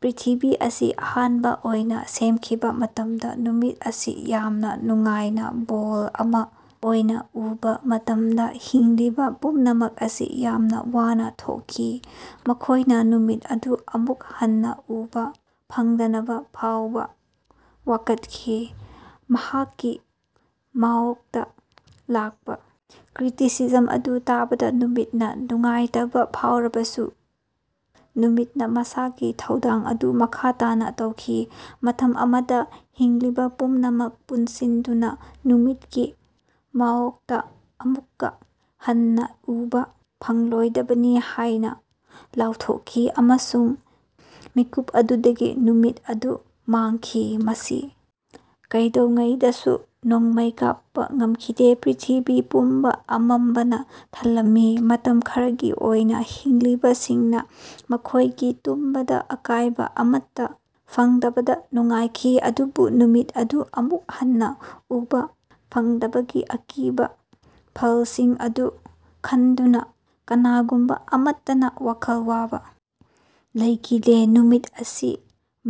ꯄ꯭ꯔ꯭ꯤꯊꯤꯕꯤ ꯑꯁꯤ ꯑꯍꯥꯟꯕꯥ ꯑꯣꯏꯅꯥ ꯁꯦꯝꯈꯤꯕꯥ ꯃꯇꯝꯗ ꯅꯨꯃꯤꯠ ꯑꯁꯤ ꯌꯥꯝꯅꯥ ꯅꯨꯡꯉꯥꯏꯅꯥ ꯕꯣꯜ ꯑꯃꯥ ꯑꯣꯏꯅꯥ ꯎꯕꯥ ꯃꯇꯝꯗꯥ ꯍꯤꯡꯂꯤꯕꯥ ꯄꯨꯝꯅꯃꯛ ꯑꯁꯤ ꯌꯥꯝꯅꯥ ꯋꯥꯅꯥ ꯊꯣꯛꯈꯤ꯫ ꯃꯈꯣꯏꯅꯥ ꯅꯨꯃꯤꯠ ꯑꯗꯨ ꯑꯃꯨꯛ ꯍꯟꯅꯥ ꯎꯕꯥ ꯐꯪꯗꯅꯕꯥ ꯐꯥꯎꯕꯥ ꯋꯥꯀꯠꯈꯤ꯫ ꯃꯍꯥꯛꯀꯤ ꯃꯥꯌꯣꯛꯇꯥ ꯂꯥꯛꯄꯥ ꯀ꯭ꯔꯤꯇꯤꯁꯤꯖꯝ ꯑꯗꯨ ꯇꯥꯕꯗꯥ ꯅꯨꯃꯤꯠꯅꯥ ꯅꯨꯡꯉꯥꯏꯇꯕꯥ ꯐꯥꯎꯔꯕꯁꯨ ꯅꯨꯃꯤꯠꯅꯥ ꯃꯁꯥꯒꯤ ꯊꯧꯗꯥꯡ ꯑꯗꯨ ꯃꯈꯥ ꯇꯥꯅꯥ ꯇꯧꯈꯤ꯫ ꯃꯇꯝ ꯑꯃꯗꯥ ꯍꯤꯡꯂꯤꯕꯥ ꯄꯨꯝꯅꯃꯛ ꯄꯨꯟꯁꯤꯟꯗꯨꯅꯥ ꯅꯨꯃꯤꯠꯀꯤ ꯃꯥꯌꯣꯛꯇꯥ ꯑꯃꯨꯛꯀꯥ ꯍꯟꯅꯥ ꯎꯕꯥ ꯐꯪꯂꯣꯏꯗꯕꯅꯤ ꯍꯥꯏꯅꯥ ꯂꯥꯎꯊꯣꯛꯈꯤ ꯑꯃꯁꯨꯡ ꯃꯤꯀꯨꯞ ꯑꯗꯨꯗꯒꯤ ꯅꯨꯃꯤꯠ ꯑꯗꯨ ꯃꯥꯡꯈꯤ꯫ ꯃꯁꯤ ꯀꯩꯗꯧꯉꯩꯗꯁꯨ ꯅꯣꯡꯃꯩ ꯀꯥꯞꯄꯥ ꯉꯝꯈꯤꯗꯦ꯫ ꯄ꯭ꯔ꯭ꯤꯊꯤꯕꯤ ꯄꯨꯝꯕꯥ ꯑꯃꯝꯕꯅꯥ ꯊꯜꯂꯝꯃꯤ꯫ ꯃꯇꯝ ꯈꯔꯒꯤ ꯑꯣꯏꯅꯥ ꯍꯤꯡꯂꯤꯕꯁꯤꯡꯅꯥ ꯃꯈꯣꯏꯒꯤ ꯇꯨꯝꯕꯗꯥ ꯑꯀꯥꯏꯕꯥ ꯑꯃꯠꯇꯥ ꯐꯪꯗꯕꯗꯥ ꯅꯨꯡꯉꯥꯏꯈꯤ꯫ ꯑꯗꯨꯕꯨ ꯅꯨꯃꯤꯠ ꯑꯗꯨ ꯑꯃꯨꯛ ꯍꯟꯅꯥ ꯎꯕꯥ ꯐꯪꯗꯕꯒꯤ ꯑꯀꯤꯕꯥ ꯐꯜꯁꯤꯡ ꯑꯗꯨ ꯈꯟꯗꯨꯅꯥ ꯀꯅꯥꯒꯨꯝꯕꯥ ꯑꯃꯠꯇꯅꯥ ꯋꯥꯈꯜ ꯋꯥꯕꯥ ꯂꯩꯈꯤꯗꯦ꯫ ꯅꯨꯃꯤꯠ ꯑꯁꯤ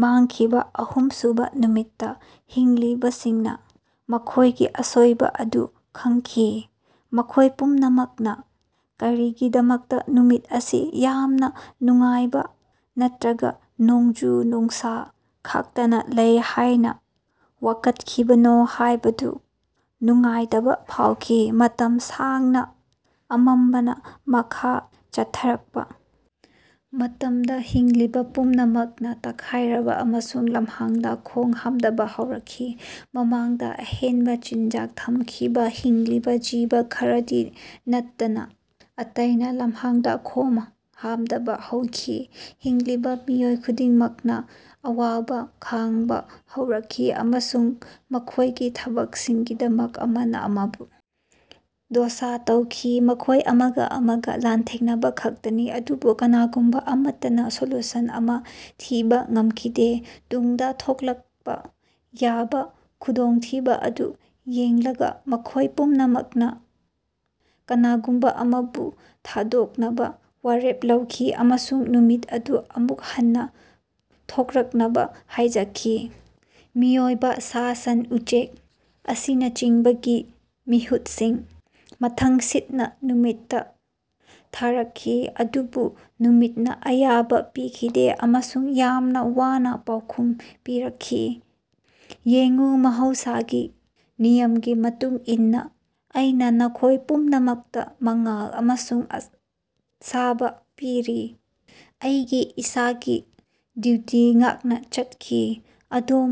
ꯃꯥꯡꯈꯤꯕꯥ ꯑꯍꯨꯝꯁꯨꯕꯥ ꯅꯨꯃꯤꯠꯇꯥ ꯍꯤꯡꯂꯤꯕꯁꯤꯡꯅꯥ ꯃꯈꯣꯏꯒꯤ ꯑꯁꯣꯏꯕꯥ ꯑꯗꯨ ꯈꯪꯈꯤ꯫ ꯃꯈꯣꯏ ꯄꯨꯝꯅꯃꯛꯅꯥ ꯀꯔꯤꯒꯤꯗꯃꯛꯇꯥ ꯅꯨꯃꯤꯠ ꯑꯁꯤ ꯌꯥꯝꯅꯥ ꯅꯨꯡꯉꯥꯏꯕꯥ ꯅꯠꯇ꯭ꯔꯒꯥ ꯅꯣꯡꯖꯨ ꯅꯨꯡꯁꯥ ꯈꯥꯛꯇꯅꯥ ꯂꯩ ꯍꯥꯏꯅꯥ ꯋꯥꯀꯠꯈꯤꯕꯅꯣ ꯍꯥꯏꯕꯗꯨ ꯅꯨꯡꯉꯥꯏꯇꯕꯥ ꯐꯥꯎꯈꯤ꯫ ꯃꯇꯝ ꯁꯥꯡꯅꯥ ꯑꯃꯝꯕꯅꯥ ꯃꯈꯥ ꯆꯠꯊꯔꯛꯄꯥ ꯃꯇꯝꯗꯥ ꯍꯤꯡꯂꯤꯕꯥ ꯄꯨꯝꯅꯃꯛꯅꯥ ꯇꯛꯈꯥꯏꯔꯕꯥ ꯑꯃꯁꯨꯡ ꯂꯝꯍꯥꯡꯗꯥ ꯈꯣꯉ ꯍꯥꯝꯗꯕꯥ ꯍꯧꯔꯛꯈꯤ꯫ ꯃꯃꯥꯡꯗꯥ ꯑꯍꯦꯟꯕꯥ ꯆꯤꯟꯖꯥꯛ ꯊꯝꯖꯤꯟꯈꯤꯕꯥ ꯍꯤꯡꯂꯤꯕꯥ ꯖꯤꯕ ꯈꯔꯗꯤ ꯅꯠꯇꯅꯥ ꯑꯇꯩꯅꯥ ꯂꯝꯍꯥꯡꯗꯥ ꯈꯣꯡ ꯍꯥꯝꯗꯕꯥ ꯍꯧꯈꯤ꯫ ꯍꯤꯡꯂꯤꯕꯥ ꯃꯤꯑꯣꯏ ꯈꯨꯗꯤꯡꯃꯛꯅꯥ ꯑꯋꯥꯕꯥ ꯈꯥꯡꯕꯥ ꯍꯧꯔꯛꯈꯤ ꯑꯃꯁꯨꯡ ꯃꯈꯣꯏꯒꯤ ꯊꯕꯛꯁꯤꯡꯒꯤꯗꯃꯛ ꯑꯃꯅꯥ ꯑꯃꯕꯨ ꯗꯣꯁ ꯇꯧꯈꯤ꯫ ꯃꯈꯣꯏ ꯑꯃꯒꯥ ꯑꯃꯒꯥ ꯂꯥꯟꯊꯦꯡꯅꯕꯈꯛꯇꯅꯤ ꯑꯗꯨꯕꯨ ꯀꯅꯥꯒꯨꯝꯕꯥ ꯑꯃꯠꯇꯅꯥ ꯁꯣꯂꯨꯁꯟ ꯑꯃꯥ ꯊꯤꯕꯥ ꯉꯝꯈꯤꯗꯦ꯫ ꯇꯨꯡꯗꯥ ꯊꯣꯛꯂꯛꯄꯥ ꯌꯥꯕꯥ ꯈꯨꯗꯣꯡꯊꯤꯕꯥ ꯑꯗꯨ ꯌꯦꯡꯂꯒꯥ ꯃꯈꯣꯏ ꯄꯨꯝꯅꯃꯛꯅꯥ ꯀꯅꯥꯒꯨꯝꯕꯥ ꯑꯃꯕꯨ ꯊꯥꯗꯣꯛꯅꯕꯥ ꯋꯥꯔꯦꯞ ꯂꯧꯈꯤ ꯑꯃꯁꯨꯡ ꯅꯨꯃꯤꯠ ꯑꯗꯨ ꯑꯃꯨꯛ ꯍꯟꯅꯥ ꯊꯣꯔꯛꯅꯕꯥ ꯍꯥꯏꯖꯈꯤ꯫ ꯃꯤꯑꯣꯏꯕꯥ ꯁꯥ ꯁꯟ ꯎꯆꯦꯛ ꯑꯁꯤꯅꯆꯤꯡꯕꯒꯤ ꯃꯤꯍꯨꯠꯁꯤꯡ ꯃꯊꯪꯁꯤꯠꯅꯥ ꯅꯨꯃꯤꯠꯇꯥ ꯊꯥꯔꯛꯈꯤ ꯑꯗꯨꯕꯨ ꯅꯨꯃꯤꯠꯅꯥ ꯑꯌꯥꯕꯥ ꯄꯤꯈꯤꯗꯦ ꯑꯃꯁꯨꯡ ꯌꯥꯝꯅꯥ ꯋꯥꯅꯥ ꯄꯥꯎꯈꯨꯝ ꯄꯤꯔꯛꯈꯤ ꯌꯦꯡꯎ ꯃꯍꯧꯁꯥꯒꯤ ꯅꯤꯌꯝꯒꯤ ꯃꯇꯨꯡ ꯏꯟꯅꯥ ꯑꯩꯅꯥ ꯅꯈꯣꯏ ꯄꯨꯝꯅꯃꯛꯇꯥ ꯃꯉꯥꯜ ꯑꯃꯁꯨꯡ ꯑꯁꯥꯕꯥ ꯄꯤꯔꯤ꯫ ꯑꯩꯒꯤ ꯏꯁꯥꯒꯤ ꯗ꯭ꯌꯨꯇꯤ ꯉꯥꯛꯅꯥ ꯆꯠꯈꯤ꯫ ꯑꯗꯣꯝ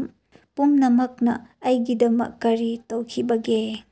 ꯄꯨꯝꯅꯃꯛꯅꯥ ꯑꯩꯒꯤꯗꯃꯛ ꯀꯔꯤ ꯇꯧꯈꯤꯕꯒꯦ?